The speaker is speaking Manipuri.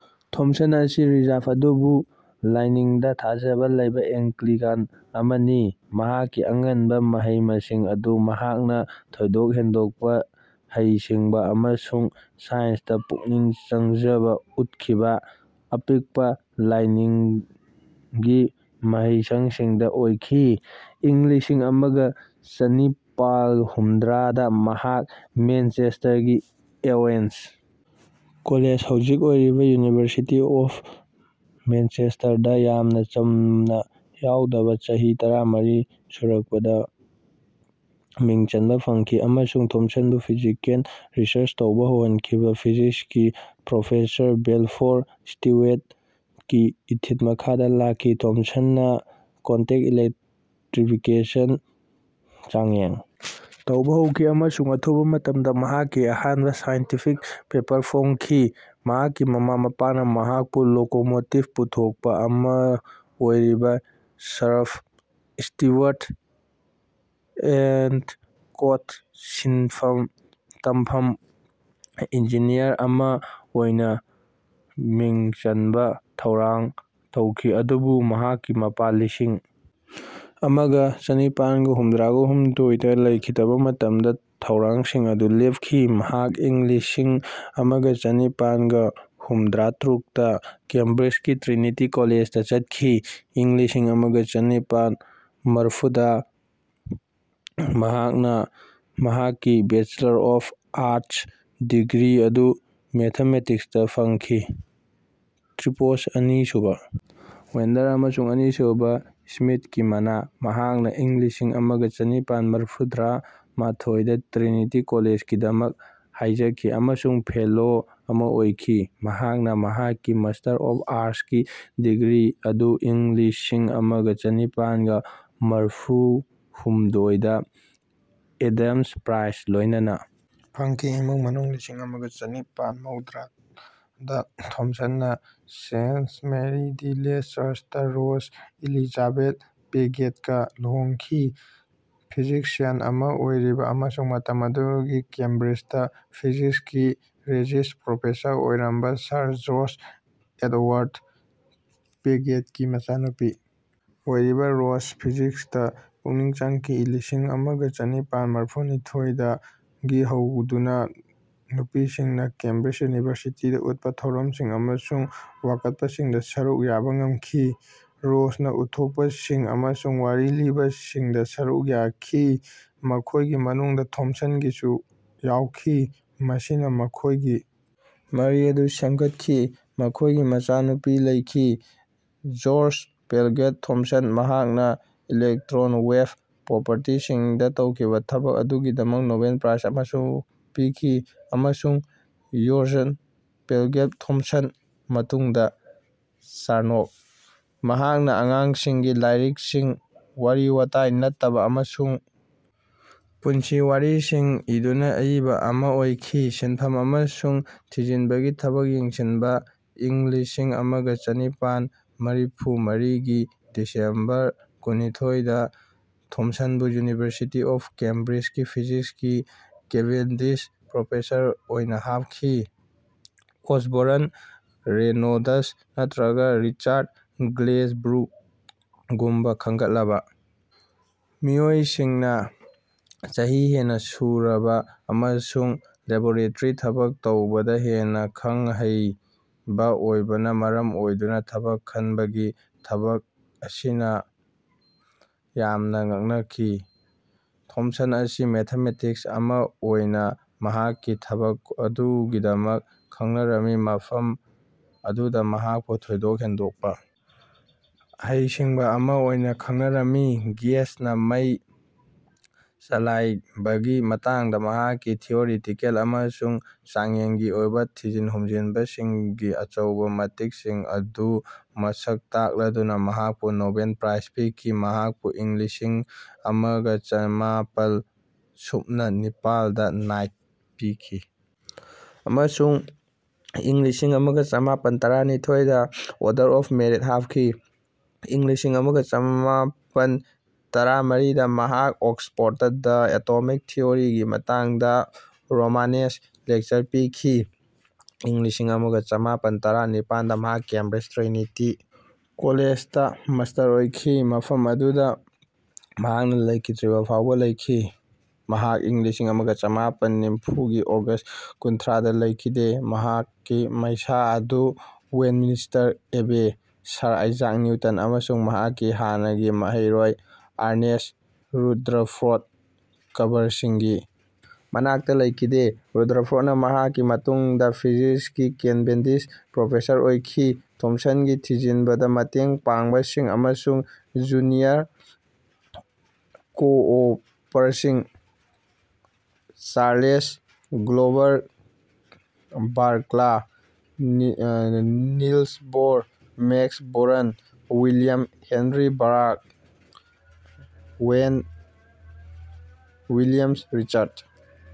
ꯊꯣꯝꯁꯟ ꯑꯁꯤ ꯔꯤꯖꯔꯕ ꯑꯗꯨꯕꯨ ꯂꯥꯏꯅꯤꯡꯗ ꯊꯥꯖꯕ ꯂꯩꯕ ꯑꯦꯡꯒ꯭ꯂꯤꯀꯥꯟ ꯑꯃꯅꯤ꯫ ꯃꯍꯥꯛꯀꯤ ꯑꯉꯟꯕ ꯃꯍꯩ-ꯃꯁꯤꯡ ꯑꯗꯨ ꯃꯍꯥꯛꯅ ꯊꯣꯏꯗꯣꯛ-ꯍꯦꯟꯗꯣꯛꯄ ꯍꯩꯁꯤꯡꯕ ꯑꯃꯁꯨꯡ ꯁꯥꯏꯟꯁꯇ ꯄꯨꯛꯅꯤꯡ ꯆꯪꯖꯕ ꯎꯠꯈꯤꯕ ꯑꯄꯤꯛꯄ ꯂꯅꯥꯏꯒꯤ ꯃꯍꯩꯁꯪꯁꯤꯡꯗ ꯑꯣꯏꯈꯤ꯫ ꯏꯪ ꯂꯤꯁꯤꯡ ꯑꯃꯒ ꯆꯅꯤꯄꯥꯜ ꯍꯨꯝꯗ꯭ꯔꯥꯗ ꯃꯍꯥꯛ ꯃꯦꯟꯆꯦꯁꯇꯔꯒꯤ ꯑꯣꯋꯦꯟꯁ ꯀꯣꯂꯦꯖ (ꯍꯧꯖꯤꯛ ꯑꯣꯏꯔꯤꯕ ꯌꯨꯅꯤꯚꯔꯁꯤꯇꯤ ꯑꯣꯐ ꯃꯥꯟꯆꯦꯁꯇꯔ) ꯗ ꯌꯥꯝꯅ ꯆꯨꯝꯅ ꯌꯥꯎꯗꯕ ꯆꯍꯤ ꯇꯔꯥꯃꯔꯤ ꯁꯨꯔꯛꯄꯗ ꯃꯤꯡ ꯆꯟꯕ ꯐꯪꯈꯤ ꯑꯃꯁꯨꯡ ꯊꯣꯝꯁꯟꯕꯨ ꯐꯤꯖꯤꯀꯦꯜ ꯔꯤꯁꯔ꯭ꯆ ꯇꯧꯕ ꯍꯧꯍꯟꯈꯤꯕ ꯐꯤꯖꯤꯛꯁꯀꯤ ꯄ꯭ꯔꯣꯐꯦꯁꯔ ꯕꯦꯜꯐꯣꯔ ꯁ꯭ꯇꯤꯋꯦꯠꯀꯤ ꯏꯊꯤꯜ ꯃꯈꯥꯗ ꯂꯥꯛꯈꯤ꯫ ꯊꯣꯝꯁꯟꯅ ꯀꯣꯟꯇꯦꯛ ꯏꯂꯦꯛꯇ꯭ꯔꯤꯐꯤꯀꯦꯁꯟꯗ ꯆꯥꯡꯌꯦꯡ ꯇꯧꯕ ꯍꯧꯈꯤ ꯑꯃꯁꯨꯡ ꯑꯊꯨꯕ ꯃꯇꯝꯗ ꯃꯍꯥꯛꯀꯤ ꯑꯍꯥꯟꯕ ꯁꯥꯏꯟꯇꯤꯐꯤꯛ ꯄꯦꯄꯔ ꯐꯣꯡꯈꯤ꯫ ꯃꯍꯥꯛꯀꯤ ꯃꯃꯥ-ꯃꯄꯥꯅ ꯃꯍꯥꯛꯄꯨ ꯂꯣꯀꯣꯃꯣꯇꯤꯞ ꯄꯨꯊꯣꯛꯄ ꯑꯃ ꯑꯣꯏꯔꯤꯕ, ꯁꯔꯞ, ꯁ꯭ꯇꯤꯋꯥꯔꯠ ꯑꯦꯟꯗ ꯀꯣꯗ ꯁꯤꯟꯐꯝ ꯇꯝꯐꯝ ꯏꯟꯖꯤꯅꯤꯌꯔ ꯑꯃ ꯑꯣꯏꯅ ꯃꯤꯡ ꯆꯟꯕ ꯊꯧꯔꯥꯡ ꯇꯧꯈꯤ, ꯑꯗꯨꯕꯨ ꯃꯍꯥꯛꯀꯤ ꯃꯄꯥ ꯂꯤꯁꯤꯡ ꯑꯃꯒ ꯆꯅꯤꯄꯥꯜ ꯍꯨꯝꯗ꯭ꯔꯥꯍꯨꯝꯗꯣꯏꯗ ꯂꯩꯈꯤꯗꯕ ꯃꯇꯝꯗ ꯊꯧꯔꯥꯡꯁꯤꯡ ꯑꯗꯨ ꯂꯦꯞꯈꯤ꯫ ꯃꯍꯥꯛ ꯏꯪ ꯂꯤꯁꯤꯡ ꯑꯃꯒ ꯆꯅꯤꯄꯥꯜ ꯍꯨꯝꯗ꯭ꯔꯥꯇꯔꯨꯛꯗ ꯀꯦꯝꯕ꯭ꯔꯤꯖꯀꯤ ꯇ꯭ꯔꯤꯅꯤꯇꯤ ꯀꯣꯂꯦꯖꯗ ꯆꯠꯈꯤ꯫ ꯏꯪ ꯂꯤꯁꯤꯡ ꯑꯃꯒ ꯆꯅꯤꯄꯥꯜ ꯃꯔꯐꯨꯗ ꯃꯍꯥꯛꯅ ꯃꯍꯥꯛꯀꯤ ꯕꯦꯆꯦꯂꯔ ꯑꯣꯐ ꯑꯥꯔꯠꯁ ꯗꯤꯒ꯭ꯔꯤ ꯑꯗꯨ ꯃꯦꯊꯃꯦꯇꯤꯛꯁꯇ ꯐꯪꯈꯤ(ꯇ꯭ꯔꯤꯄꯣꯁ ꯑꯅꯤꯁꯨꯕ ꯋ꯭ꯔꯦꯡꯂꯔ ꯑꯃꯁꯨꯡ ꯑꯅꯤꯁꯨꯕ ꯁ꯭ꯃꯤꯊꯀꯤ ꯃꯅꯥ)꯫ ꯃꯍꯥꯛꯅ ꯏꯪ ꯂꯤꯁꯤꯡ ꯑꯃꯒ ꯆꯅꯤꯄꯥꯜ ꯃꯔꯐꯨꯃꯥꯊꯣꯏꯗ ꯇ꯭ꯔꯤꯅꯤꯇꯤ ꯀꯣꯂꯦꯖꯒꯤꯗꯃꯛ ꯍꯥꯏꯖꯈꯤ ꯑꯃꯁꯨꯡ ꯐꯦꯂꯣ ꯑꯃ ꯑꯣꯏꯈꯤ꯫ ꯃꯍꯥꯛꯅ ꯃꯍꯥꯛꯀꯤ ꯃꯥꯁꯇꯔ ꯑꯣꯐ ꯑꯥꯔꯠꯁꯀꯤ ꯗꯤꯒ꯭ꯔꯤ ꯑꯗꯨ ꯏꯪ ꯂꯤꯁꯤꯡ ꯑꯃꯒ ꯆꯅꯤꯄꯥꯜ ꯃꯔꯐꯨꯍꯨꯝꯗꯣꯏꯗ ꯑꯦꯗꯝꯁ ꯄ꯭ꯔꯥꯏꯖ ꯂꯣꯏꯅꯅ ꯐꯪꯈꯤ꯫ ꯏꯃꯨꯡ ꯃꯅꯨꯡ ꯂꯤꯁꯤꯡ ꯑꯃꯒ ꯆꯅꯤꯄꯥꯜ ꯃꯧꯗ꯭ꯔꯥꯗ ꯊꯣꯝꯁꯟꯅ ꯁꯦꯟꯠ ꯃꯦꯔꯤ ꯗ ꯂꯦꯁ ꯆꯔꯆꯇ ꯔꯣꯖ ꯏꯂꯤꯁꯥꯕꯠ ꯄꯦꯒꯦꯠꯒ ꯂꯨꯍꯣꯡꯈꯤ꯫ ꯐꯤꯖꯤꯛꯁꯤꯌꯟ ꯑꯃ ꯑꯣꯏꯔꯤꯕ ꯑꯃꯁꯨꯡ ꯃꯇꯝ ꯑꯗꯨꯗ ꯀꯦꯝꯕ꯭ꯔꯤꯖꯇ ꯐꯤꯖꯤꯛꯁꯀꯤ ꯔꯦꯖꯤꯌꯁ ꯄ꯭ꯔꯣꯐꯦꯁꯔ ꯑꯣꯏꯔꯝꯕ ꯁꯔ ꯖꯣꯔ꯭ꯖ ꯑꯦꯗꯋꯥꯔ꯭ꯗ ꯄꯦꯒꯦꯠꯀꯤ ꯃꯆꯥꯅꯨꯄꯤ ꯑꯣꯏꯔꯤꯕ ꯔꯣꯖ ꯐꯤꯖꯤꯛꯁꯇ ꯄꯨꯛꯅꯤꯡ ꯆꯪꯈꯤ꯫ ꯂꯤꯁꯤꯡ ꯑꯃꯒ ꯆꯅꯤꯄꯥꯜ ꯃꯔꯐꯨꯅꯤꯊꯣꯏꯗꯒꯤ ꯍꯧꯔꯗꯨꯅ ꯅꯨꯄꯤꯁꯤꯡꯅ ꯀꯦꯝꯕ꯭ꯔꯤꯖ ꯌꯨꯅꯤꯚꯔꯁꯤꯇꯤꯗ ꯎꯠꯄ ꯊꯧꯔꯝꯁꯤꯡ ꯑꯃꯁꯨꯡ ꯋꯥꯀꯠꯄꯁꯤꯡꯗ ꯁꯔꯨꯛ ꯌꯥꯕ ꯉꯝꯈꯤ꯫ ꯔꯣꯖꯅ ꯎꯠꯊꯣꯛꯄꯁꯤꯡ ꯑꯃꯁꯨꯡ ꯋꯥꯔꯤ ꯂꯤꯕꯁꯤꯡꯗ ꯁꯔꯨꯛ ꯌꯥꯈꯤ, ꯃꯈꯣꯏꯒꯤ ꯃꯅꯨꯡꯗ ꯊꯣꯝꯁꯟꯒꯤꯁꯨ ꯌꯥꯎꯈꯤ, ꯃꯁꯤꯅ ꯃꯈꯣꯏꯒꯤ ꯃꯔꯤ ꯑꯗꯨ ꯁꯦꯝꯒꯠꯈꯤ꯫ ꯃꯈꯣꯏꯒꯤ ꯃꯆꯥ ꯑꯅꯤ ꯂꯩꯈꯤ: ꯖꯣꯔ꯭ꯖ ꯄꯦꯒꯦꯠ ꯊꯣꯝꯁꯟ, ꯃꯍꯥꯛꯅ ꯏꯂꯦꯛꯇ꯭ꯔꯣꯟ ꯋꯦꯞ ꯄ꯭ꯔꯣꯄꯔꯇꯤꯁꯤꯡꯗ ꯇꯧꯈꯤꯕ ꯊꯕꯛ ꯑꯗꯨꯒꯤꯗꯃꯛ ꯅꯣꯕꯦꯜ ꯄ꯭ꯔꯥꯏꯖ ꯑꯃꯁꯨ ꯄꯤꯈꯤ, ꯑꯃꯁꯨꯡ ꯖꯣꯌꯟ ꯄꯦꯒꯦꯠ ꯊꯥꯝꯁꯟ (ꯃꯇꯨꯡꯗ ꯆꯥꯔꯅꯣꯛ), ꯃꯍꯥꯛꯅ ꯑꯉꯥꯡꯁꯤꯡꯒꯤ ꯂꯥꯏꯔꯤꯛꯁꯤꯡ, ꯋꯥꯔꯤ-ꯋꯥꯇꯥꯏ ꯅꯠꯇꯕ ꯑꯃꯁꯨꯡ ꯄꯨꯟꯁꯤ ꯋꯥꯔꯤꯁꯤꯡ ꯏꯗꯨꯅ ꯑꯏꯕ ꯑꯃ ꯑꯣꯏꯈꯤ꯫ ꯁꯤꯟꯐꯝ ꯑꯃꯁꯨꯡ ꯊꯤꯖꯤꯟꯕꯒꯤ ꯊꯕꯛ ꯌꯦꯡꯁꯤꯟꯕ ꯏꯪ ꯂꯤꯁꯤꯡ ꯑꯃꯒ ꯆꯅꯤꯄꯥꯜ ꯃꯔꯐꯨꯃꯔꯤꯒꯤ ꯗꯤꯁꯦꯝꯕꯔ ꯀꯨꯟꯅꯤꯊꯣꯏꯗ ꯊꯣꯝꯁꯟꯕꯨ ꯌꯨꯅꯤꯚꯔꯁꯤꯇꯤ ꯑꯣꯐ ꯀꯦꯝꯕ꯭ꯔꯤꯖ ꯐꯤꯖꯤꯛꯁꯀꯤ ꯀꯦꯚꯦꯟꯗꯤꯁ ꯄ꯭ꯔꯣꯐꯦꯁꯔ ꯑꯣꯏꯅ ꯍꯥꯞꯈꯤ꯫ ꯑꯣꯁꯕꯣꯔꯟ ꯔꯦꯅꯣꯜꯗ꯭ꯁ ꯅꯠꯇ꯭ꯔꯒ ꯔꯤꯆꯥ꯭ꯔꯠ ꯒ꯭ꯂꯦꯖꯕ꯭ꯔꯨꯛꯒꯨꯝꯕ ꯈꯟꯒꯠꯂꯕ ꯃꯤꯑꯣꯏꯁꯤꯡꯅ ꯆꯍꯤ ꯍꯦꯟꯅ ꯁꯨꯔꯕ ꯑꯃꯁꯨꯡ ꯂꯦꯕꯣꯔꯦꯇꯔꯤꯗ ꯊꯕꯛ ꯇꯧꯕꯗ ꯍꯦꯟꯅ ꯈꯪ-ꯍꯩꯕ ꯑꯣꯏꯕꯅ ꯃꯔꯝ ꯑꯣꯏꯗꯨꯅ ꯊꯕꯛ ꯈꯟꯕꯒꯤ ꯊꯕꯛ ꯑꯁꯤꯅ ꯌꯥꯝꯅ ꯉꯛꯍꯟꯈꯤ꯫ ꯊꯣꯝꯁꯟ ꯑꯁꯤ ꯃꯦꯊꯥꯃꯦꯇꯤꯁ ꯑꯃ ꯑꯣꯏꯅ ꯃꯍꯥꯛꯀꯤ ꯊꯕꯛ ꯑꯗꯨꯒꯤꯗꯃꯛ ꯈꯪꯅꯔꯝꯃꯤ, ꯃꯐꯝ ꯑꯗꯨꯗ ꯃꯍꯥꯛꯄꯨ ꯊꯣꯏꯗꯣꯛ ꯍꯦꯟꯗꯣꯛꯄ ꯍꯩꯁꯤꯡꯕ ꯑꯃ ꯑꯣꯏꯅ ꯈꯪꯅꯔꯝꯃꯤ꯫ "ꯒꯦꯁꯅ ꯃꯩ ꯆꯂꯥꯏꯕꯒꯤ ꯃꯇꯥꯡꯗ ꯃꯍꯥꯛꯀꯤ ꯊꯤꯑꯣꯔꯤꯇꯤꯀꯦꯜ ꯑꯃꯁꯨꯡ ꯆꯥꯡꯌꯦꯡꯒꯤ ꯑꯣꯏꯕ ꯊꯤꯖꯟ ꯍꯨꯝꯖꯟꯕꯁꯤꯡꯒꯤ ꯑꯆꯧꯕ ꯃꯇꯤꯛꯁꯤꯡ ꯑꯗꯨ ꯃꯁꯛ ꯇꯥꯛꯂꯗꯨꯅ" ꯃꯍꯥꯛꯄꯨ ꯅꯣꯕꯦꯜ ꯄ꯭ꯔꯥꯏꯖ ꯄꯤꯈꯤ꯫ ꯃꯍꯥꯛꯄꯨ ꯏꯪ ꯂꯤꯁꯤꯡ ꯑꯃꯒ ꯆꯃꯥꯄꯜ ꯁꯨꯞꯅ ꯅꯤꯄꯥꯜꯗ ꯅꯥꯏꯠ ꯄꯤꯈꯤ ꯑꯃꯁꯨꯡ ꯏꯪ ꯂꯤꯁꯤꯡ ꯑꯃꯒ ꯆꯃꯥꯄꯜ ꯇꯔꯥꯅꯤꯊꯣꯏꯗ ꯑꯣꯔꯗꯔ ꯑꯣꯐ ꯃꯦꯔꯤꯠ ꯍꯥꯞꯈꯤ꯫ ꯏꯪ ꯂꯤꯁꯤꯡ ꯑꯃꯒ ꯆꯃꯥꯄꯜ ꯇꯔꯥꯃꯔꯤꯗ ꯃꯍꯥꯛꯅ ꯑꯣꯛ꯭ꯁꯐꯣꯔ꯭ꯗꯇ "ꯗ ꯑꯦꯇꯣꯃꯤꯛ ꯊꯤꯑꯣꯔꯤ" ꯒꯤ ꯃꯇꯥꯡꯗ ꯔꯣꯃꯥꯅꯦꯁ ꯂꯦꯛꯆꯔ ꯄꯤꯈꯤ꯫ ꯏꯪ ꯂꯤꯁꯤꯡ ꯑꯃꯒ ꯆꯃꯥꯄꯜ ꯇꯔꯥꯅꯤꯄꯥꯜꯗ ꯃꯍꯥꯛ ꯀꯦꯝꯕ꯭ꯔꯤꯖ ꯇ꯭ꯔꯤꯅꯤꯇꯤ ꯀꯣꯂꯦꯖꯇ ꯃꯥꯁꯇꯔ ꯑꯣꯏꯈꯤ, ꯃꯐꯝ ꯑꯗꯨꯗ ꯃꯍꯥꯛꯅ ꯂꯩꯈꯤꯗ꯭ꯔꯤꯕ ꯐꯥꯎꯕ ꯂꯩꯈꯤ꯫ ꯃꯍꯥꯛ ꯏꯪ ꯂꯤꯁꯤꯡ ꯑꯃꯒ ꯆꯃꯥꯄꯜ ꯅꯤꯐꯨꯒꯤ ꯑꯣꯒꯁ ꯀꯨꯟꯊ꯭ꯔꯥꯗ ꯂꯩꯈꯤꯗꯦ, ꯃꯍꯥꯛꯀꯤ ꯃꯩꯁꯥ ꯑꯗꯨ Westminster Abbey, Sir Isaac Newton ꯑꯃꯁꯨꯡ ꯃꯍꯥꯛꯀꯤ ꯍꯥꯟꯅꯒꯤ ꯃꯍꯩꯔꯣꯏ ꯑꯔꯅꯦꯁ ꯔꯨꯗꯔꯐꯣꯔꯠ ꯀꯕ꯭ꯔꯁꯤꯡꯒꯤ ꯃꯅꯥꯛꯇ ꯂꯩꯈꯤꯗꯦ꯫ ꯔꯨꯗꯔꯐꯣꯔꯠꯅ ꯃꯍꯥꯛꯀꯤ ꯃꯇꯨꯡꯗ ꯐꯤꯖꯤꯛꯁꯀꯤ ꯀꯦꯚꯦꯟꯗꯤꯁ ꯄ꯭ꯔꯣꯐꯦꯁꯔ ꯑꯣꯏꯈꯤ꯫ ꯊꯣꯝꯁꯟꯒꯤ ꯊꯤꯖꯤꯟꯕꯗ ꯃꯇꯦꯡ ꯄꯥꯡꯕꯁꯤꯡ ꯑꯃꯁꯨꯡ ꯖ꯭ꯌꯨꯅꯤꯌꯔ ꯀꯣꯑꯣꯄꯔꯁꯤꯡ (Charles Glover Barkla, Niels Bohr, Max Born, William Henry Bragg, Owen Willans Richardson